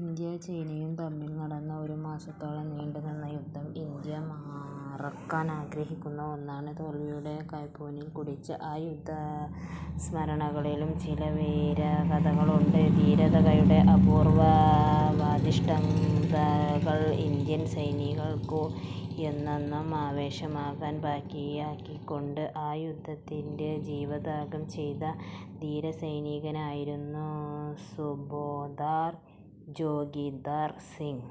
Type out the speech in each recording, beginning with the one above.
ഇന്ത്യയും ചൈനയും തമ്മിൽ നടന്ന ഒരു മാസത്തോളം നീണ്ടുനിന്ന യുദ്ധം ഇന്ത്യ മറക്കാൻ ആഗ്രഹിക്കുന്ന ഒന്നാണ്. തോൽവിയുടെ കയ്പുനീർ കുടിച്ച ആ യുദ്ധസ്മരണകളിലും, ചില വീരകഥകളുണ്ട്. ധീരതയുടെ അപൂർവദൃഷ്ടാന്തങ്ങൾ ഇന്ത്യൻ സൈനികർക്ക് എന്നെന്നും ആവേശമാകാൻ ബാക്കിയാക്കികൊണ്ട് ആ യുദ്ധത്തിൽ ജീവത്യാഗം ചെയ്ത ധീരസൈനികനായിരുന്നു സുബേദാർ ജോഗീന്ദർ സിംഗ്.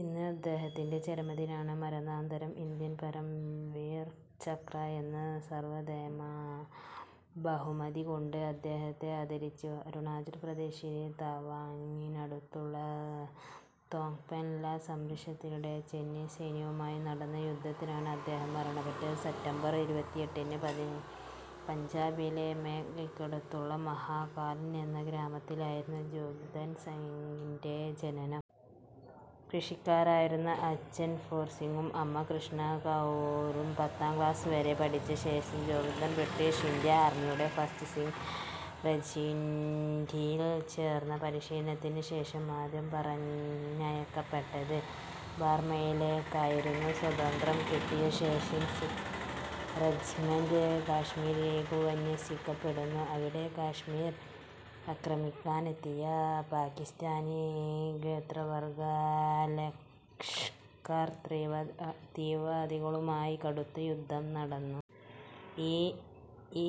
ഇന്ന് അദ്ദേഹത്തിന്റെ ചരമദിനമാണ്. മരണാനന്തരം ഇന്ത്യ പരംവീർചക്ര എന്ന സർവോത്തമബഹുമതികൊണ്ട് അദ്ദേഹത്തെ ആദരിച്ചിരുന്നു. അരുണാചൽ പ്രദേശിലെ തവാങ്ങിനടുത്തുള്ള തോങ്പെൻ ലാ സംരക്ഷിക്കുന്നതിനിടെ ചൈനീസ് സൈന്യവുമായി നടന്ന യുദ്ധത്തിലാണ് അദ്ദേഹം മരണപ്പെട്ടത്. സെപ്റ്റംബർ ഇരുപത്തിഎട്ടിന് പഞ്ചാബിലെ മോഗയ്ക്കടുത്തുള്ള മഹ്ലാ കാലൻ എന്ന ഗ്രാമത്തിലായിരുന്നു ജോഗീന്ദർ സിംഗിന്റെ ജനനം. കൃഷിക്കാരായിരുന്നു അച്ഛൻ ഷേർസിംഗും അമ്മ കൃഷ്ണ കൗറും. പത്താം ക്ലാസ് വരെ പഠിച്ച ശേഷം ജോഗീന്ദർ ബ്രിട്ടീഷ് ഇന്ത്യൻ ആർമിയുടെ ഫസ്റ്റ് സിഖ് റെജിമെന്റിൽ ചേർന്നു. പരിശീലനത്തിന് ശേഷം ആദ്യം പറഞ്ഞയക്കപ്പെട്ടത് ബർമയിലേക്കായിരുന്നു. സ്വാതന്ത്ര്യം കിട്ടിയ ശേഷം സിഖ് റജിമെന്റ് കാശ്മീരിലേക്ക് വിന്യസിക്കപ്പെടുന്നു. അവിടെ കശ്മീർ അക്രമിക്കാനെത്തിയ പാകിസ്താനി ഗോത്രവർഗ ലഷ്കർ തീവ്രവാദികളുമായി കടുത്ത യുദ്ധം നടന്നു. ഈ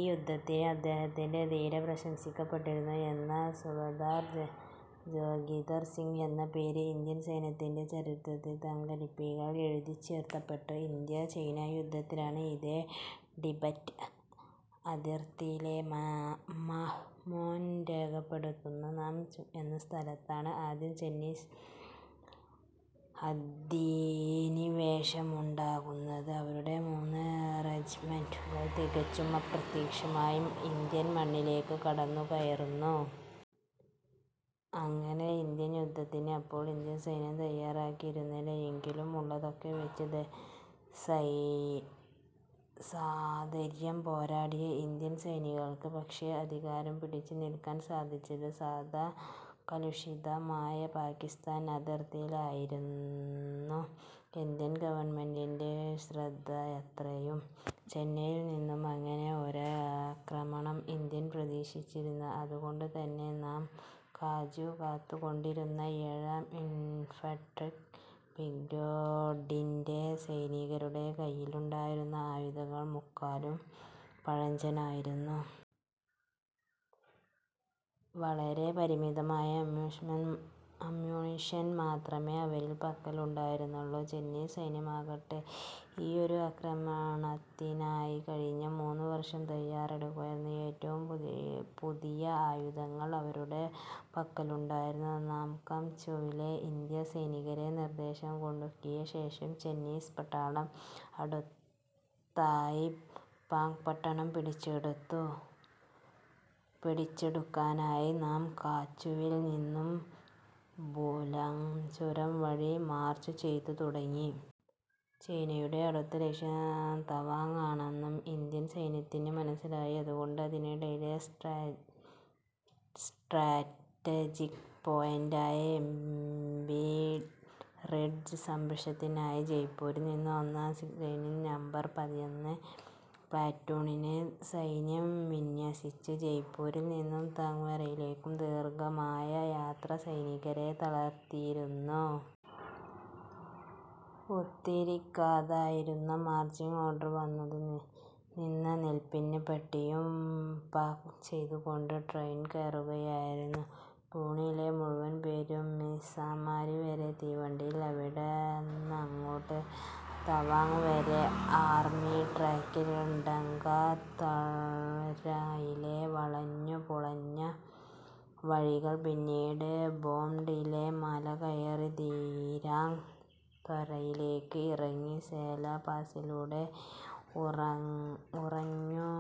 യുദ്ധത്തിലെ അദ്ദേഹത്തിന്റെ ധീരത പ്രശംസിക്കപ്പെട്ടിരുന്നു. എന്നാൽ സുബേദാർ ജോഗീന്ദർ സിംഗ് എന്ന പേര് ഇന്ത്യൻ സൈന്യത്തിന്റെ ചരിത്രത്തിൽ തങ്കലിപികളിൽ എഴുതിച്ചേർക്കപ്പെട്ടത് ഇന്തോ ചൈനാ യുദ്ധത്തിലാണ്. ഇന്തോ ടിബറ്റ് അതിർത്തിയിലെ മാക്മോഹൻ രേഖയ്ക്കടുത്തുള്ള നാംകാ ചു എന്ന സ്ഥലത്താണ് ആദ്യം ചൈനീസ് അധിനിവേശമുണ്ടാകുന്നത്. അവരുടെ മൂന്നു റജിമെന്റുകൾ തികച്ചും അപ്രതീക്ഷിതമായി ഇന്ത്യൻ മണ്ണിലേക്ക് കടന്നുകയറുന്നു. അങ്ങനെ ഒരു യുദ്ധത്തിന് അപ്പോൾ ഇന്ത്യൻ സൈന്യം തയ്യാറായിരുന്നില്ല. എങ്കിലും, ഉള്ളതൊക്കെ വെച്ച് സധൈര്യം പോരാടിയ ഇന്ത്യൻ സൈനികർക്ക് പക്ഷേ, അധികനേരം പിടിച്ചു നില്ക്കാൻ സാധിച്ചില്ല. സദാ കലുഷിതമായ പാകിസ്ഥാൻ അതിർത്തിയിലായിരുന്നു ഇന്ത്യൻ ഗവണ്മെന്റിന്റെ ശ്രദ്ധയത്രയും. ചൈനയിൽ നിന്ന് അങ്ങനെ ഒരാക്രമണം ഇന്ത്യ പ്രതീക്ഷിച്ചിരുന്നില്ല. അതുകൊണ്ടുതന്നെ നാംകാചു കാത്തുകൊണ്ടിരുന്ന ഏഴാം ഇൻഫൻട്രി ബ്രിഗേഡിന്റെ സൈനികരുടെ കയ്യിലുണ്ടായിരുന്ന ആയുധങ്ങൾ മുക്കാലും പഴഞ്ചനായിരുന്നു. വളരെ പരിമിതമായ അമ്യൂണിഷൻ മാത്രമേ അവരുടെ പക്കൽ ഉണ്ടായിരുന്നുള്ളൂ. ചൈനീസ് സൈന്യമാകട്ടെ, ഈയൊരു ആക്രമണത്തിനായി കഴിഞ്ഞ മൂന്നു വർഷമായി തയ്യാറെടുക്കുകയായിരുന്നു. ഏറ്റവും പുതിയ ആയുധങ്ങളും അവരുടെ പക്കലുണ്ടായിരുന്നു. നാംകാചുവിലെ ഇന്ത്യൻ സൈനികരെ നിർദ്ദയം കൊന്നൊടുക്കിയ ശേഷം ചൈനീസ് പട്ടാളം അടുത്തതായി വാങ്ങ് പട്ടണം പിടിച്ചെടുക്കാനായി നാംകാചുവിൽ നിന്ന് ബുംല ചുരം വഴി മാർച്ചുചെയ്തു തുടങ്ങി. ചൈനയുടെ അടുത്ത ലക്ഷ്യം തവാങ്ങ് ആണെന്ന് ഇന്ത്യൻ സൈന്യത്തിന് മനസ്സിലായി. അതുകൊണ്ട് അതിനിടയിലെ സ്ട്രാറ്റജിക് പോയന്റായ ഐബി റിഡ്ജ് സംരക്ഷിക്കാനായി ജയ്പൂരിൽ നിന്ന് ഒന്നാം സിഖ് റജിമെന്റിന്റെ നമ്പർ പതിനൊന്ന് പ്ലാറ്റൂണിനെ സൈന്യം വിന്യസിച്ചു. ജയ്പ്പൂരിൽ നിന്ന് തവാങ് വരെയുള്ള ദീർഘമായ യാത്ര സൈനികരെ തളർത്തിയിരുന്നു. ഓർത്തിരിക്കാതെയായിരുന്നു മാർച്ചിങ് ഓർഡർ വന്നത്. നിന്നനിൽപ്പിന് പെട്ടിയും പാക്കുചെയ്തുകൊണ്ട് ട്രെയിനിൽ കയറുകയായിരുന്നു പ്ലാറ്റൂണിലെ മുഴുവൻ പേരും. മിസ്സാമാരി വരെ തീവണ്ടിയിൽ. അവിടന്നങ്ങോട്ട് തവാങ്ങ് വരെ ആർമി ട്രക്കിൽ. ടെംഗാ താഴ്വരയിലെ വളഞ്ഞുപുളഞ്ഞ വഴികൾ പിന്നിട്ട്, ബോംഡിലാ മലകയറി, ധിരാങ്ങ് താഴ്വരയിലേക്ക് ഇറങ്ങി, സേലാ പാസിലൂടെ, ഉറഞ്ഞുകിടന്നിരുന്ന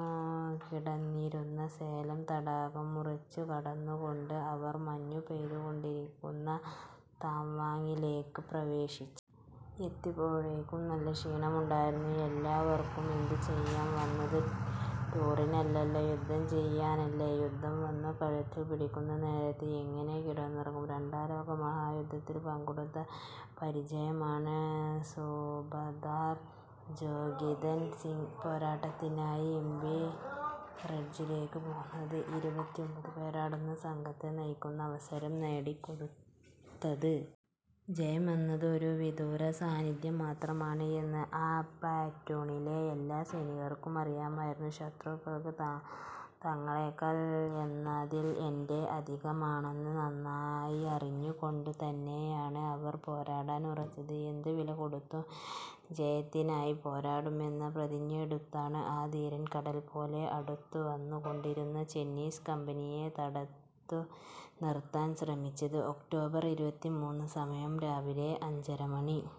സേലാ തടാകം മുറിച്ചുകടന്നുകൊണ്ട്, അവർ മഞ്ഞുപെയ്തുകൊണ്ടിരുന്ന തവാങിലേക്ക് പ്രവേശിച്ചു. എത്തിയപ്പോഴേക്കും നല്ല ക്ഷീണമുണ്ടായിരുന്നു എല്ലാവർക്കും. എന്തുചെയ്യാം വന്നത് ടൂറിനല്ലല്ലോ, യുദ്ധം ചെയ്യാനല്ലേ? യുദ്ധം വന്നു കഴുത്തിന് പിടിക്കുന്ന നേരത്ത് എങ്ങനെ കിടന്നുറങ്ങും? രണ്ടാം ലോകമഹായുദ്ധത്തിൽ പങ്കെടുത്ത പരിചയമാണ്, സുബേദാർ ജോഗീന്ദർ സിംഗിന് പോരാട്ടത്തിനായി ഐബി റിഡ്ജിലേക്ക് പോകേണ്ടുന്ന ഇരുപത്തിഒമ്പത് പേരടങ്ങുന്ന സംഘത്തെ നയിക്കാനുള്ള അവസരം നേടിക്കൊടുത്തത്. ജയമെന്നത് ഒരു വിദൂരസാധ്യത മാത്രമാണ് എന്ന് ആ പ്ലാറ്റൂണിലെ എല്ലാ സൈനികർക്കും അറിയാമായിരുന്നു. ശത്രുക്കൾ തങ്ങളേക്കാൾ എന്നതിൽ ഏറെ അധികമാണെന്ന് നന്നായറിഞ്ഞുകൊണ്ടുതന്നെയാണ് അവർ പോരാടാൻ ഉറച്ചത്. ' എന്ത് വിലകൊടുത്തും ജയത്തിനായി പോരാടും ' എന്ന് പ്രതിജ്ഞയെടുത്താണ് ആ ധീരർ കടൽ പോലെ അടുത്തുവന്നുകൊണ്ടിരുന്ന ചൈനീസ് കമ്പനിയെ തടുത്തു നിർത്താൻ ശ്രമിച്ചത്. ഒക്ടോബർ ഇരുപത്തിമൂന്ന് സമയം രാവിലെ അഞ്ചരമണി.